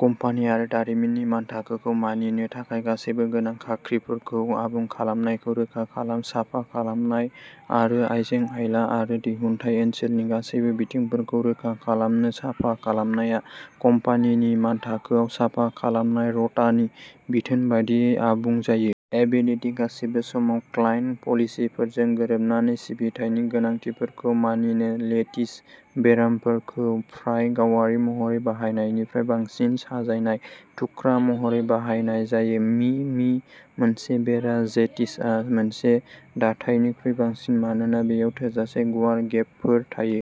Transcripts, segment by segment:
Company आरो दारिमिननि मानथाखोखौ मानिनो थाखाय गासैबो गोनां खाख्रिफोरखौ आबुं खालामनायखौ रोखा खालाम। साफा खालामनाय आरो आइजें-आइला आरो दिहुनथाय ओनसोलनि गासैबो बिथिंफोरखौ रोखा खालामनो साफा खालामनाया कम्पानिनि मानथाखोआव साफा खालामनाय र'टानि बिथोन बायदियै आबुं जायो। एबिलिटि गासिबो समाव क्लाइन्ट पलिसिफोरजों गोरोबनानै सिबिथायनि गोनांथिफोरखौ मानिनो। लेटिस बेराफोरखौ प्राय गावारि महरै बाहायनायनिफ्राय बांसिन साजायनाय थुख्रा महरै बाहायनाय जायो। मि मि मोनसे बेरा जेटिसआ मोनसे दाथायनिख्रुइ बांसिन। मानोना बेयाव थोजासे गुवार गेपफोर थायो।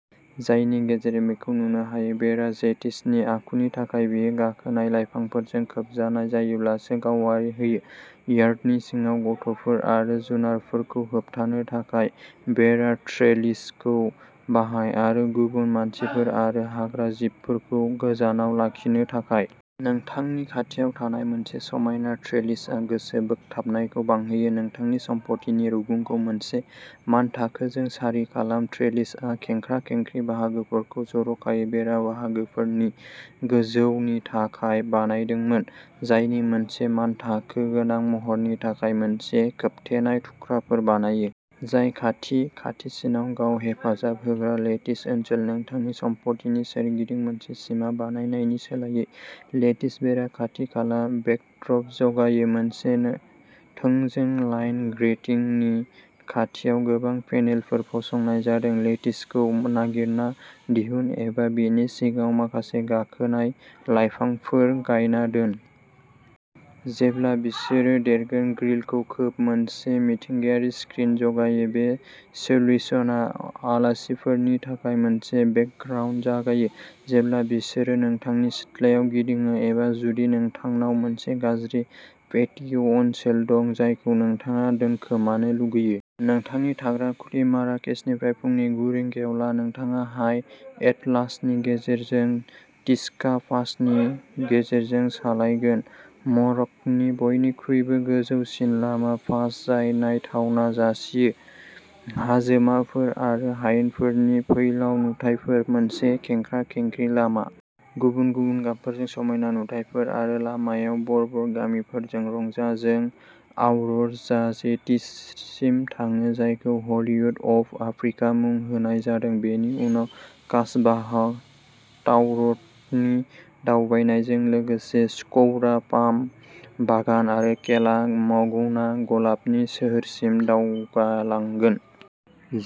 जायनि गेजेरजों बेखौ नुनो हायो। बेरा जेटिसनि आखुनि थाखाय। बेयो गाखोनाय लाइफांफोरजों खोबजानाय जायोब्लासो गावारि होयो। यार्डनि सिङाव गथ'फोर आरो जुनारफोरखौ होबथानो थाखाय बेरा ट्रेलिसखौ बाहाय। आरो गुबुन मानसिफोर आरो हाग्राजिबफोरखौ गोजानाव लाखिनो थाखाय। नोंथांनि खाथियाव थानाय मोनसे समायना ट्रेलिसआ गोसो बोगथाबनायखौ बांहोयो। नोंथांनि सम्पथिनि रुगुंखौ मोनसे मानथाखोजों सारि खालाम। ट्रेलिसआ खेंख्रा-खेंख्रि बाहागोफोरखौ जर'खायै बेरा बाहागोफोरनि गोजौनि थाखाय बानायदोंमोन। जायनि मोनसे मानथाखो गोनां महरनि थाखाय। मोनसे खोबथेनाय थुख्राफोर बानायो। जाय खाथि-खाथिसिन गाव-हेफाजाब होग्रा लेटिस ओनसोल। नोंथांनि सम्पथिनि सोरगिदिं मोनसे सिमा बानायनायनि सोलायै लेटिस बेरा खाथि-खाला बेकड्रप जगायो। मोनसेनो थोंजों लाइन ग्रेटिंगनि खाथियाव गोबां पेनेलफोर फसंनाय जादों। लेटिसखौ नागिरना दिहुन एबा बिनि सिगाङाव माखासे गाखोनाय लायफांफोर गायना दोन। जेब्ला बिसोरो देरगोन, ग्रिलखौ खोब, मोनसे मिथिंगायारि स्क्रिन जगायो। बे सोल्युशना आलासिफोरनि थाखाय मोनसे बेकग्राउन्ड जगायो। जेब्ला बिसोरो नोंथांनि सिथ्लायाव गिदिङो एबा जुदि नोंथांनाव मोनसे गाज्रि पेटिय' ओनसोल दं। जायखौ नोंथाङा दोनखोमानो लुगैयो। नोंथांनि थाग्रा खुलि माराकेसनिफ्राय फुंनि गु रिंगायाव ला। नोंथाङा हाइ एटलासनि गेजेरजों टिचका पास नि गेजेरजों सालायगोन। मरक्क'नि बयनिख्रुइबो गोजौसिन लामा पास जाय नायथावना जासियो। हाजोमाफोर आरो हायेनफोरनि फैलाव नुथायफोर। मोनसे खेंख्रा-खेंख्रि लामा। गुबुन-गुबुन गाबफोरजों समायना नुथायफोर आरो लामायाव बर्बर गामिफोरखौ रंजा। जों आउरजाजेटसिम थाङो। जायखौ हलीवुड अफ आफ्रिका मुं होनाय जादों। बेनि उनाव कासबाह ताउररटनि दावबायनायजों लोगोसे स्कौरा पाम बागान आरो केला मगौना गलाबनि सोहोरसिम दावगालांगोन।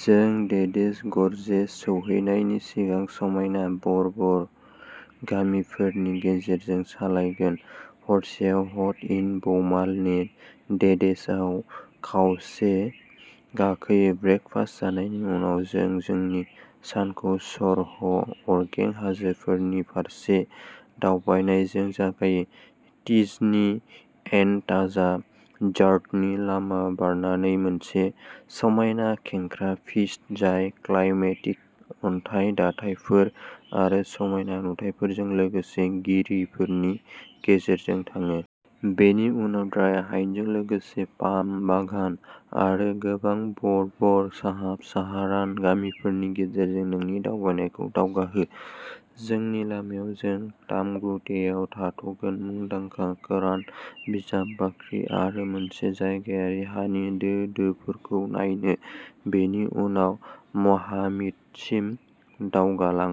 जों डेड्स गरजेस सौहैनायनि सिगां समायना बर्बर गामिफोरनि गेजेरजों सालायगोन। हरसेआव ह'ट इन बौमालने डेड्सआव खावसे गाखोयो। ब्रेकफास्ट जानायनि उनाव जों जोंनि सानखौ सरह' अरगें हाजोफोरनि फारसे दावबायनायजों जागायो। टिजनी एन ताजा जार्टनि लामा बारनानै मोनसे समायना खेंख्रा पिस्ट जाय क्लाइमेक्टिक अन्थाइ दाथायफोर आरो समायना नुथायफोरजों लोगोसे गिरिफोरनि गेजेरजों थाङो। बेनि उनाव द्राया हायेनजों लोगोसे पाम बागान आरो गोबां बर्बर साब साहारान गामिफोरनि गेजेरजों नोंनि दावबायनायखौ दावगाहो। जोंनि लामायाव जों तामग्रुटेआव थाथ'गोन मुंदांखा कोरान बिजाब बाख्रि आरो मोनसे जायगायारि हानि दो दोफोरखौ नायनो। बेनि उनाव म'हामिदसिम दावगालां।